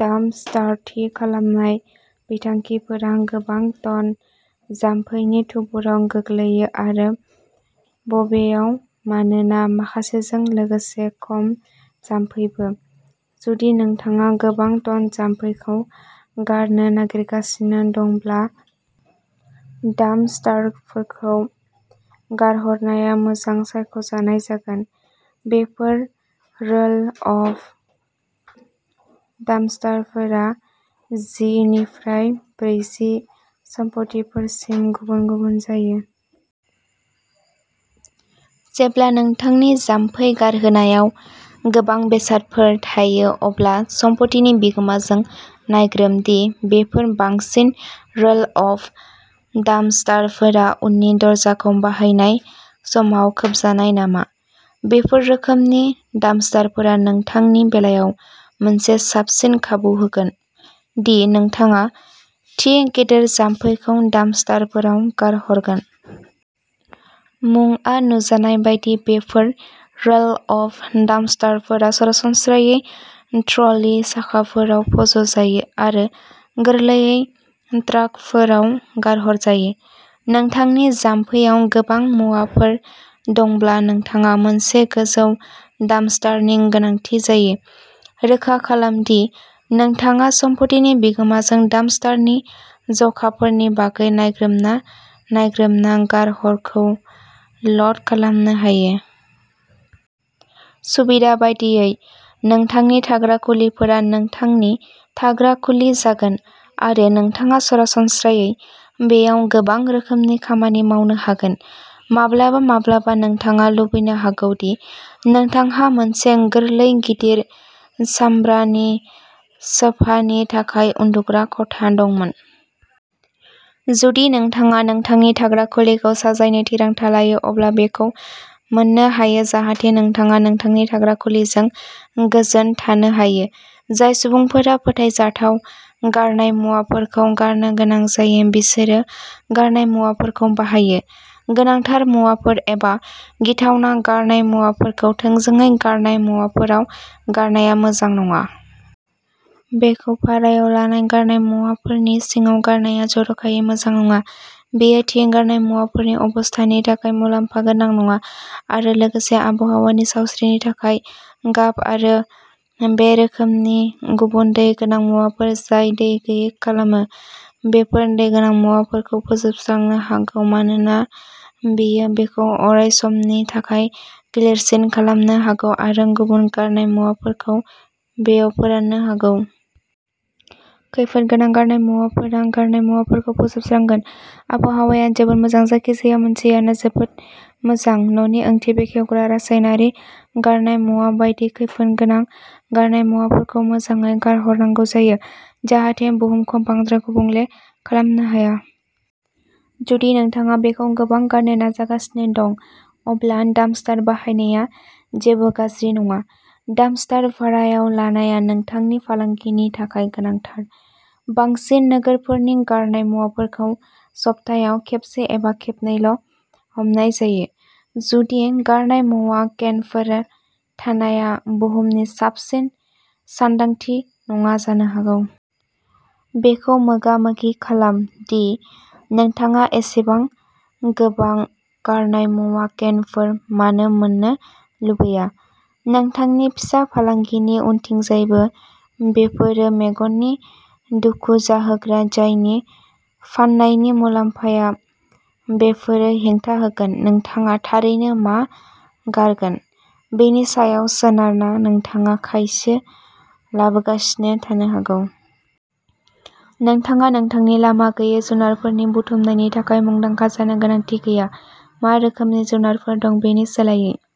Dumpster, थि खालामनाय बिथांखिफोरा गोबां टन जामफैनि थुबुरआव गोग्लैयो आरो बबेयाव मानोना माखासेजों लोगोसे खम जामफैबो। जुदि नोंथाङा गोबां टन जामफैखौ गारनो नागिरगासिनो दंब्ला डाम्पस्टारफोरखौ गारहरनाया मोजां सायख'नाय जागोन। बेफोर रोल अफ डाम्पस्टारफोरा जि निफ्राय ब्रैजि सम्पथिफोरसिम गुबुन-गुबुन जायो। जेब्ला नोंथांनि जामफै गारहोनायाव गोबां बेसादफोर थायो, अब्ला सम्पथिनि बिगोमाजों नायग्रोम दि बेफोर बांसिन रोल अफ डाम्पस्टारफोरा उननि दरजाखौ बाहायनाय समाव खोबजानाय नामा। बेफोर रोखोमनि डाम्पस्टारफोरा नोंथांनि बेलायाव मोनसे साबसिन खाबु होगोन दि नोंथाङा थि गेदेर जामफैखौ डाम्पस्टारफोराव गारहरगोन। मुंआ नुजानाय बायदि, बेफोर रोल अफ डाम्पस्टारफोरा सरासनस्रायै ट्र'लि साखाफोराव फज' जायो आरो गोरलैयै ट्राकफोराव गारहरजायो। नोंथांनि जामफैआव गोबां मुवाफोर दंब्ला नोंथाङा मोनसे गोजौ डाम्पस्टारनि गोनांथि जायो। रोखा खालाम दि नोंथाङा सम्पथिनि बिगोमाजों डाम्पस्टारनि जखाफोरनि बागै नायग्रोमना नायग्रोमना गारहरखौ ल'ड खालामनो हायो। सुबिदा बायदियै। नोंथांनि थाग्रा खुलिफोरा नोंथांनि थाग्रा खुलि जागोन आरो नोंथाङा सरासनस्रायै बेयाव गोबां रोखोमनि खामानि मावनो हागोन। माब्लाबा माब्लाबा नोंथाङा लुबैनो हागौ दि नोंथांहा मोनसे गोरलै गिदिर सामब्रानि सोफानि थाखाय उन्दुग्रा खथा दंमोन। जुदि नोंथाङा नोंथांनि थाग्रा खुलिखौ साजायनो थिरांथा लायो, अब्ला बेखौ मोननो हायो जाहाथे नोंथाङा नोंथांनि थाग्रा खुलिजों गोजोन थानो हायो। जाय सुबुंफोरा फोथायजाथाव गारनाय मुवाफोरखौ गारनो गोनां जायो, बिसोरो गारनाय मुवाफोरखौ बाहायो। गोनांथार मुवाफोर एबा गिथावना गारनाय मुवाफोरखौ थोंजोङै गारनाय मुवाफोराव गारनाया मोजां नङा। बेखौ भारायाव लानाय गारनाय मुवाफोरनि सिङाव गारनाया जर'खायै मोजां नङा। बेयो थि गारनाय मुवाफोरनि अबस्थानि थाखाय मुलाम्फा गोनां नङा आरो लोगोसे, आबहावानि सावस्रिनि थाखाय। गाब आरो बे रोखोमनि गुबुन दै गोनां मुवाफोर जाय दै गैयै खालामो, बेफोर दै गोनां मुवाफोरखौ फोजोबस्रांनो हागौ मानोना बेयो बेखौ अरायसमनि थाखाय गिलिरसिन खालामनो हागौ आरो गुबुन गारनाय मुवाफोरखौ बेयाव फोराननो हागौ। खैफोद गोनां गारनाय मुवाफोरा गारनाय मुवाफोरखौ फोजोबस्रांगोन। आबहावाया जोबोद मोजां। जायखिजाया मोनसेआनो जोबोद मोजां न'नि ओंथि बेखेवग्रा। रासायनारि गारनाय मुवा बायदि खैफोद गोनां गारनाय मुवाफोरखौ मोजाङै गारहरनांगौ जायो, जाहाथे बुहुमखौ बांद्राय गुबुंले खालामनो हाया। जुदि नोंथाङा बेखौ गोबां गारनो नाजागासिनो दं, अब्ला डाम्पस्टार बाहायनाया जेबो गाज्रि नङा। डाम्पस्टार भारायाव लानाया नोंथांनि फालांगिनि थाखाय गोनांथार। बांसिन नोगोरफोरनि गारनाय मुवाफोरखौ सप्तायाव खेबसे एबा खेबनैल'हमनाय जायो। जुदि गारनाय मुवा केनफोर थानाया बुहुमनि साबसिन सानदांथि नङा जानो हागौ। बेखौ मोगामोगि खालाम दि नोंथाङा एसेबां गोबां गारनाय मुवा केनफोर मानो मोन्नो लुबैया, नोंथांनि फिसा फालांगिनि उनथिंजायबो। बेफोरो मेगननि दुखु जाहोग्रा जायनि फाननायनि मुलाम्फाया। बेफोरो हेंथा होगोन। नोंथाङा थारैनो मा गारगोन बेनि सायाव सोनारना नोंथाङा खायसो लाबोगासिनो थानो हागौ। नोंथाङा नोंथांनि लामा गैयै जुनारफोरनि बुथुमनायनि थाखाय मुंदांखा जानो गोनांथि गैया, मा रोखोमनि जुनारफोर दं बेनि सोलायै।